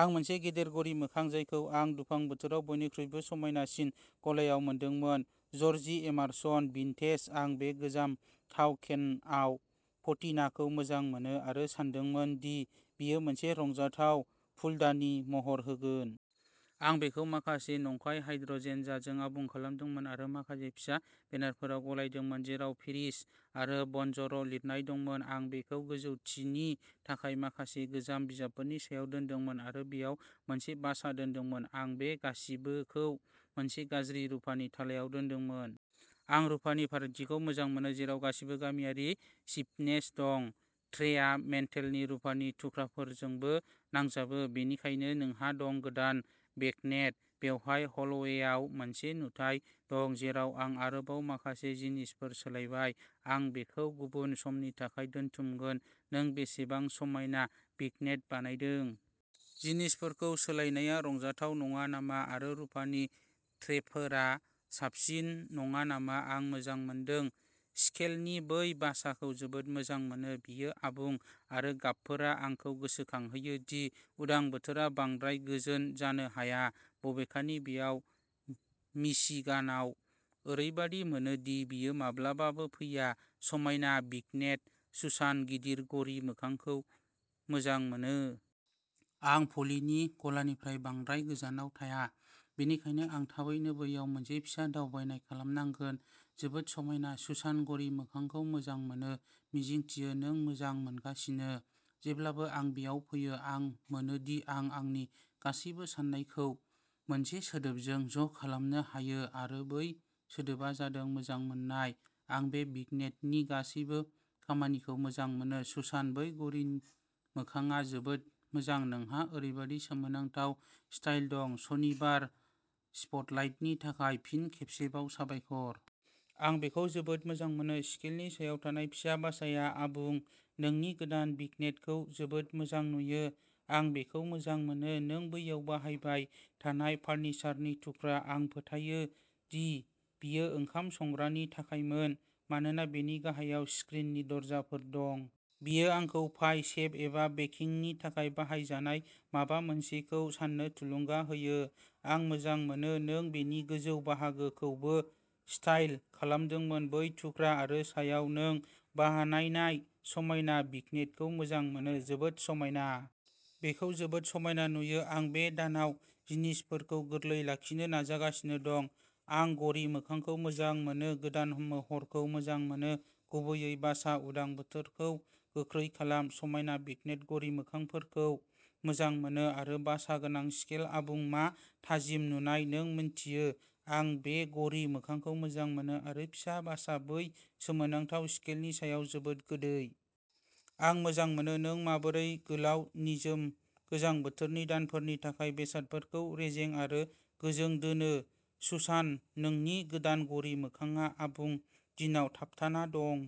आं मोनसे गिदिर घरि मोखां, जायखौ आं दुफां बोथोराव बयनिख्रुइबो समायनासिन गलायाव मोनदोंमोन, जर्जि एमारसन भिन्टेज। आं बे गोजाम थाव केनआव पेटिनाखौ मोजां मोनो आरो सानदोंमोन दि बेयो मोनसे रंजाथाव फुलदानि महर होगोन। आं बेखौ माखासे नंखाय हाइड्रेन्जाजों आबुं खालामदोंमोन आरो माखासे फिसा बेनारफोराव गलायदोंमोन जेराव पेरिस आरो बनजर' लिरनाय दंमोन। आं बेखौ गोजौथिनि थाखाय माखासे गोजाम बिजाबफोरनि सायाव दोनदोंमोन आरो बेयाव मोनसे बासा दोनदोंमोन। आं बे गासिबोखौ मोनसे गाज्रि रुफानि थालायाव बुथुमदोंमोन। आं रुफानि फारागथिखौ मोजां मोनो, जेराव गासैबो गामियारि सिप्पिनेस दं। ट्रेआ मेन्टेलनि रुफानि थुख्राफोरजोंबो नांजाबो। बेनिखायनो नोंहा दं गोदान भिग्नेट। बेवहाय हलवेयाव मोनसे नुथाइ दं, जेराव आं आरोबाव माखासे जिनिसफोर सोलायबाय। आं बेखौ गुबुन समनि थाखाय दोनथुमगोन नों बेसेबां समायना भिग्नेट बानायदों। जिनिसफोरखौ सोलायनाया रंजाथाव नङा नामा आरो रुफानि ट्रेफोरा साबसिन नङा नामा? आं मोजां मोनदों। स्केलनि बै बासाखौ जोबोद मोजां मोनो। बेयो आबुं आरो गाबफोरा आंखौ गोसोखांहोयो दि उदां बोथोरा बांद्राय गोजान जानो हाया, बबेखानि बेयाव मिशिगानाव ओरैबायदि मोनो दि बेयो माब्लाबाबो फैया समायना भिग्नेट, सुसान गिदिर घरि मोखांखौ मोजां मोनो। आं पलिनि गलानिफ्राय बांद्राय गोजानाव थाया, बेनिखायनो आं थाबैनो बैयाव मोनसे फिसा दावबायनाय खालामनांगोन जोबोद समायना, सुसान घरि मोखांखौ मोजां मोनो मिजिंथियो नों मोजां मोनगासिनो जेब्लानो आं बेयाव फैयो, आं मोनो दि आं आंनि गासैबो साननायखौ मोनसे सोदोबजों ज' खालामनो हायो आरो बै सोदोबआ जादों मोजां मोननाय आं बे भिग्नेटनि गासैबो खामानिखौ मोजां मोनो, सुसान बै घरि मोखांआ जोबोद मोजां नोंहा ओरैबायदि सोमोनांथाव स्टाइल दं सनिबार स्पटलाइटनि थाखाय फिन खेबसेबाव साबायखर। आं बेखौ जोबोद मोजां मोनो स्केलनि सायाव थानाय फिसा बासाया आबुं नोंनि गोदान भिग्नेटखौ जोबोद मोजां नुयो आं बेखौ मोजां मोनो। नों बैयाव बाहायबाय थानाय फार्निचारनि थुख्रा। आं फोथायो दि बेयो ओंखाम संग्रानि थाखायमोन, मानोना बेनि गाहायाव स्क्रिननि दरजाफोर दं। बेयो आंखौ पाइ सेफ एबा बेकिंगनि थाखाय बाहायजानाय माबा मोनसेखौ सान्नो थुलुंगा होयो। आं मोजां मोनो नों बेनि गोजौ बाहागोखौबो स्टाइल खालामदोंमोन। बै थुख्रा आरो सायाव नों बानायनाय समायना भिग्नेटखौ मोजां मोनो। जोबोद समायना। बेखौ जोबोद समायना नुयो। आं बे दानाव जिनिसफोरखौ गोरलै लाखिनो नाजागासिनो दं। आं घरि मोखांखौ मोजां मोनो गोदान महरखौ मोजां मोनो, गुबैयै बासा उदां बोथोरखौ गोख्रै खालाम समायना भिग्नेट घरि मोखांफोरखौ मोजां मोनो आरो बासा गोनां स्केलआ आबुं मा थाजिम नुथाय नों मिन्थियो आं बै घरि मोखांखौ मोजां मोनो आरो फिसा बासा बै सोमोनांथाव स्केलनि सायाव जोबोद गोदै। आं मोजां मोनो नों माबोरै गोलाव निजोम गोजां बोथोरनि दानफोरनि थाखाय बेसादफोरखौ रेजें आरो गोजों दोनो, सुसान। नोंनि गोदान घरि मोखांआ आबुं दिनाव थाबथाना दं।